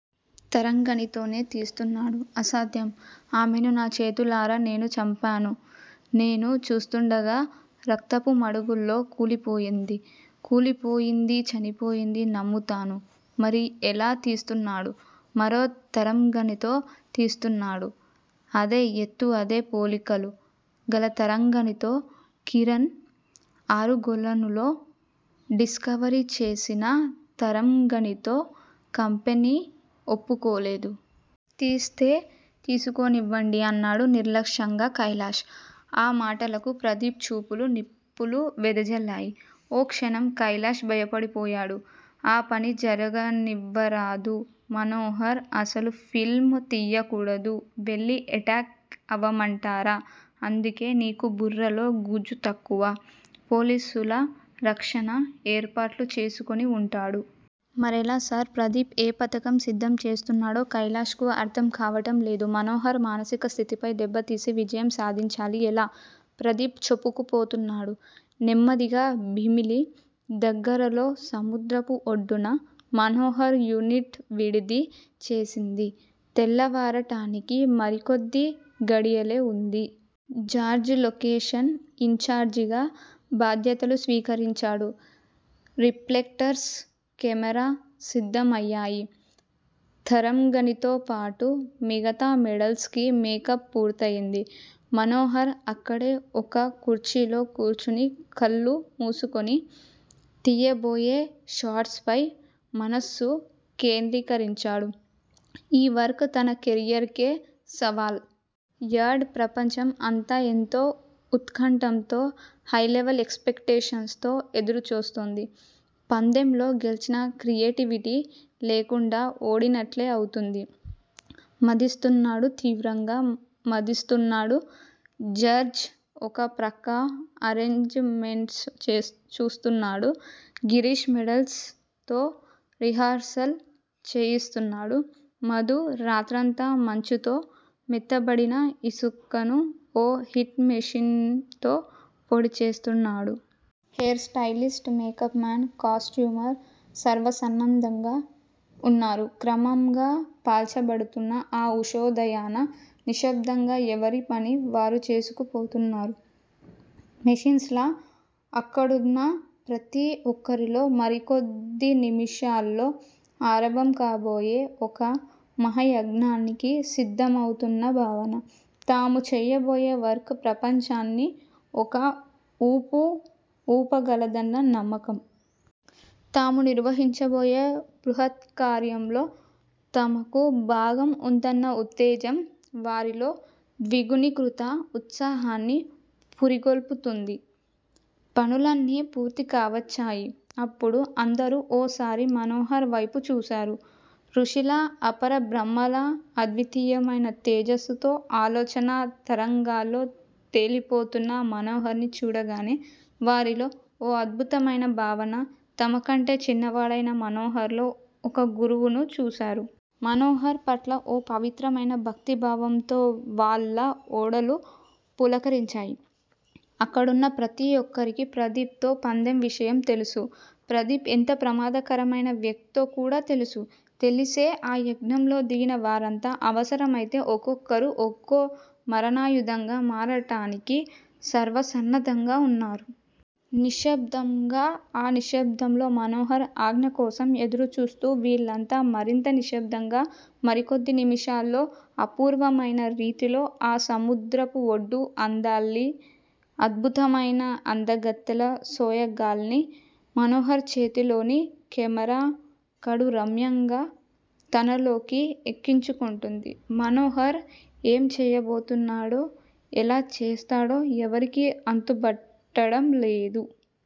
తరంగణితోనే తీస్తున్నాడు. అసాధ్యం ఆమెను నా చేతులారా నేను చంపాను. నేను చూస్తుండగా రక్తపు మడుగులో కూలిపోయింది. కూలిపోయింది, చనిపోయింది, నమ్ముతాను మరి ఎలా తీస్తున్నాడు? మరో తరంగణితో తీస్తున్నాడు. అదే ఎత్తు అదే పోలికలు గల తరంగణితో, కిరణ్ ఆరుగొలనులో డిస్కవరీ చేసిన తరంగణితో కంపెనీ ఒప్పుకోదు. తీస్తే తీసుకోనివ్వండి అన్నాడు నిర్లక్ష్యంగా కైలాష్. ఆ మాటలకు ప్రదీప్ చూపులు నిప్పులు వెదజల్లాయి. ఓ క్షణం కైలాష్ భయపడిపోయాడు. ఆ పని జరుగనివ్వరాదు. మనోహర్ అసలు ఫిల్మ్ తీయకూడదు. వెళ్ళి ఎటాక్ అవ్వమంటారా? అందుకే నీకు బుర్రలో గుజ్జు తక్కువ. పోలీసుల రక్షణ ఏర్పాట్లు చేసుకొని వుంటాడు. మరెలా సార్? ప్రదీప్ ఏ పథకం సిద్దం చేస్తున్నాడో కైలాష్ కు అర్ధం కావటం లేదు. మనోహర్ మానసిక స్థితిపై దెబ్బతీసి విజయం సాధించాలి. ఎలా? ప్రదీప్ చెప్పుకుపోతున్నాడు నెమ్మదిగా. భీమిలి దగ్గరలో సముద్రపు ఒడ్డున మనోహర్ యూనిట్ విడిది చేసింది. తెల్లవారటానికి మరికొద్ది ఘడియలే వుంది. జార్జ్ లొకేషన్ ఇన్ చార్జిగా బాధ్యత స్వీకరించాడు. రిఫ్లెక్టర్స్, కెమేరా సిద్దం అయ్యాయి. తరంగణితో పాటు మిగతా మోడల్స్ కి మేకప్ పూర్తయింది. మనోహర్ అక్కడే ఒక కుర్చీలో కూర్చుని కళ్ళు మూసుకొని తీయబోయే షాట్స్ పై మనస్సు కేంద్రీకరించాడు. ఈ వర్క్ తన కేరియర్ కే సవాల్. యాడ్ ప్రపంచం అంతా ఎంతో ఉత్కంఠతో, హై లెవెల్ ఎక్స్ పెక్టేషన్స్ తో ఎదురుచూస్తోంది. పందెంలో గెల్చినా క్రియేటివిటీ లేకుండా ఓడినట్లే అవుతుంది. మధిస్తున్నాడు తీవ్రంగా మధిస్తున్నాడు. జార్జ్ ఒక ప్రక్క అరేంజ్ మెంట్స్ చూస్తున్నాడు. గిరీష్ మోడల్స్ తో రిహార్సల్స్ చేయిస్తున్నాడు. మధు రాత్రంతా మంచుతో మెత్తబడిన ఇసుకను ఓ హీట్ మెషిన్ తో పొడి చేస్తున్నాడు. Hair stylist, makeup man, costumer సర్వసన్నద్దంగా ఉన్నారు. క్రమంగా పల్చబడుతున్న ఆ ఉషోదయాన నిశ్శబ్ధంగా ఎవరిపని వారు చేసుకుపోతున్నారు మెషిన్స్ లా అక్కడున్న ప్రతి ఒక్కరిలో మరికొద్ది నిముషాల్లో ఆరంభం కాబోయే ఒక మహాయజ్ఞానికి సిద్దమవుతున్న భావన. తాము చేయబోయే వర్క్ ప్రపంచాన్ని ఒక ఊపు ఊపగలదన్న నమ్మకం. తాము నిర్వహించబోయే బృహత్కార్యంలో తమకు భాగం ఉందన్న ఉత్తేజం వారిలో ద్విగుణీకృత ఉత్సాహాన్ని పురిగొల్పుతోంది. పనులన్నీ పూర్తి కావచ్చాయి. అప్పుడు అందరూ ఓసారి మనోహర్ వైపు చూశారు. ఋషిలా, అపరబ్రహ్మలా, అద్వితీయమైన తేజస్సుతో ఆలోచనా తరంగాల్లో తేలిపోతున్న మనోహర్ ని చూడగానే వారిలో ఓ అద్భుతమైన భావన-తమ కంటే చిన్నవాడైన మనోహర్ లో ఒక గురువును చూశారు. మనోహర్ పట్ల ఓ పవిత్రమైన భక్తిభావంతో వాళ్ళ ఒడలు పులకరించాయి. అక్కడున్న ప్రతి ఒక్కరికి ప్రదీప్ తో పందెం విషయం తెలుసు__ప్రదీప్ ఎంత ప్రమాదకరమైన వ్యక్తో కూడా తెలుసు. తెలిసే ఆ యజ్ఞంలో దిగిన వారంతా అవసరం అయితే ఒక్కొక్కరు ఒక్కో మారణాయుధంగా మారటానికి సర్వసన్నద్దంగా వున్నారు. నిశ్శబ్దంగా ఆ నిశ్శబ్దంలో మనోహర్ ఆజ్ఞకోసం ఎదురు చూస్తూ వీళ్ళంతా మరింత నిశ్శబ్దంగా. మరికొద్ది నిముషాల్లో అపూర్వమైన రీతిలో ఆ సముద్రపు ఒడ్డు అందాల్ని, అద్భుతమైన అందగత్తెల సోయగాల్ని మనోహర్ చేతిలోని కెమేరా కడు రమ్యంగా తనలోకి ఎక్కించుకుంటుంది. మనోహర్ ఏం చేయబోతున్నాడో ఎలా చేస్తాడో ఎవరికీ అంతుబట్టడంలేదు.